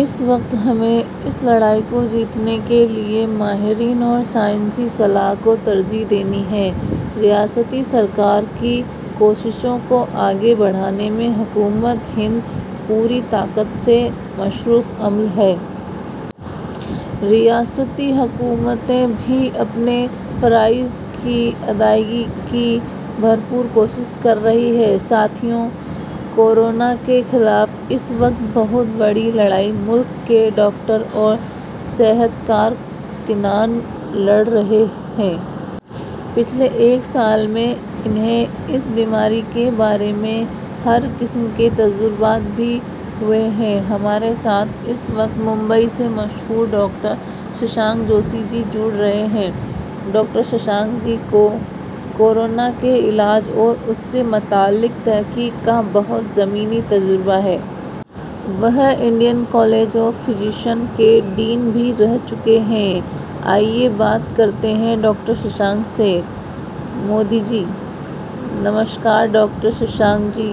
اس وقت ، ہمیں اس لڑائی کو جیتنے کے لیے، ماہرین اور سائنسی صلاح کو ترجیح دینی ہے۔ ریاستی سرکار کی کوششوں کو آگے بڑھانے میں حکومت ہند پوری طاقت سے مصروف عمل ہے۔ ریاستی حکومتیں بھی اپنے فرائض کی ادائیگی کی بھر پور کوششیں کر رہی ہیں۔ ساتھیو، کو رونا کے خلاف اس وقت بہت بڑی لڑائی ملک کے ڈاکٹر اور صحت کارکنان لڑ رہے ہیں۔ پچھلے ایک سال میں انہیں اس بیماری کے بارے میں ہر قسم کے تجربات بھی ہوئے ہیں۔ ہمارے ساتھ، اس وقت ، ممبیٔ سے مشہور ڈاکٹر ششانک جوشی جی جڑ رہے ہیں۔ ڈاکٹر ششانک جی کو کو رونا کے علاج اور اس سے متعلق تحقیق کا بہت زمینی تجربہ ہے۔ وہ انڈین کالج آف فیزیسین کے ڈین بھی رہ چکے ہیں۔ آئیے بات کرتے ہیں ڈاکٹر ششانک سے :- مودی جی – نمسکار ڈاکٹر ششانک جی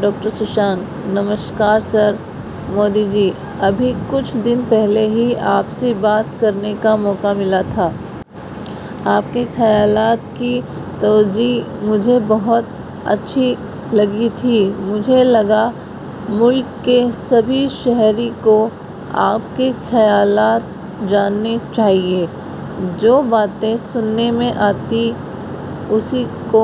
ڈاکٹر ششانک – نمسکار سر۔ مودی جی – ابھی کچھ دن پہلے ہی آپ سے بات کرنے کا موقع ملا تھا۔ آپکے خیالات کی توضیح مجھے بہت اچھی لگی تھی۔ مجھے لگا ملک کے سبھی شہری کو آپ کے خیالات جاننے چاہیئے۔ جو باتیں سننے میں آتی اسی کو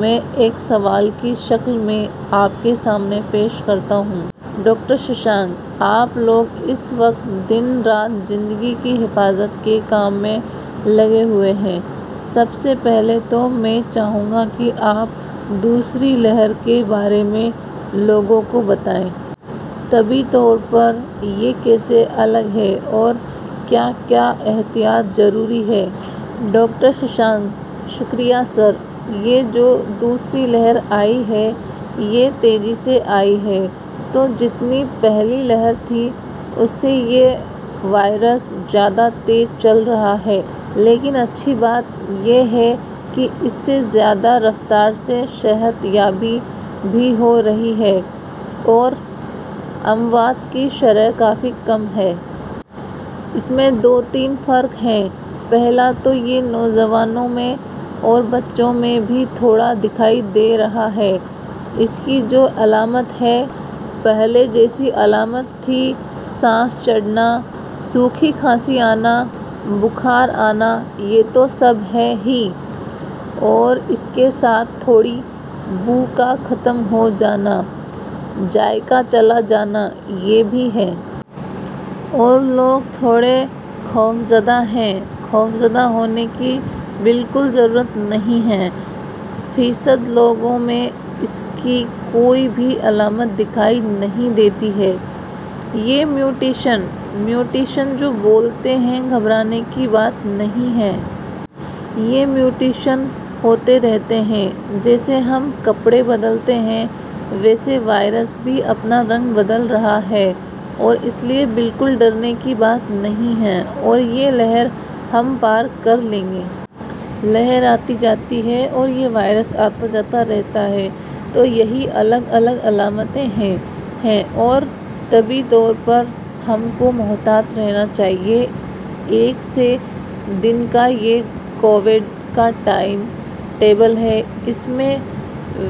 میں ایک سوال کی شکل میں آپکے سامنے پیش کرتا ہوں۔ ڈاکٹر ششانک – آپ لوگ اس وقت دن رات زندگی کی حفاظت کے کام میں لگے ہوئے ہیں، سب سے پہلے تو میں چاہونگا کہ آپ دوسری لہر کے بارے میں لوگوں کو بتائیں۔ طبی طور پر یہ کیسے الگ ہے اور کیا کیا احتیاط ضروری ہے۔ ڈاکٹر ششانک – شکریہ سر، یہ جو دوسری لہر آئی ہے۔ یہ تیزی سے آئی ہے، تو جتنی پہلی لہر تھی اس سے یہ وائرس زیادہ تیز چل رہا ہے، لیکن اچھی بات یہ ہے کہ اس سے زیادہ رفتار سےصحت یابی بھی ہو رہی ہے اور اموات کی شرح کافی کم ہے۔ اس میں دو تین فرق ہے، پہلا تو یہ نوجوانوں میں اور بچوں میں بھی تھوڑا دکھائی دے رہا ہے۔ اسکی جو علامت ہے، پہلے جیسی علامت تھی سانس چڑھنا، سوکھی کھانسی آنا، بخار آنا یہ تو سب ہے ہی اور اسکے ساتھ تھوڑی بو کا ختم ہو جانا، ذائقہ چلا جانا یہ بھی ہے۔ اور لوگ تھوڑے خوفزدہ ہیں۔ خوفزدہ ہونے کی بالکل ضرورت نہیں ہے۔ - فیصد لوگوں میں اس کی کوئی بھی علامت دکھائی نہیں دیتی ہے، یہ میوٹیشن – میوٹیشن جو بولتے ہیں، گھبرانے کی بات نہیں ہے۔ یہ میوٹیشن ہوتے رہتے ہیں جیسے ہم کپڑے بدلتے ہیں ویسے وائرس بھی اپنا رنگ بدل رہا ہے اور اسلئے بالکل ڈرنے کی بات نہیں ہے اور یہ لہر ہم پار کر لیں گے۔ لہرآتی جاتی ہے، اور یہ وائرس آتاجاتا رہتا ہے تو یہی الگ الگ علامتیں ہیں ہے اور طبی طور پر ہم کو محتاط رہنا چاہیئے۔ ایک سے دن کا یہ کووڈ کا ٹائم ٹیبل ہے اس میں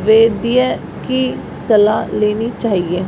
ویدیہ کی صلاح لینی چاہیے۔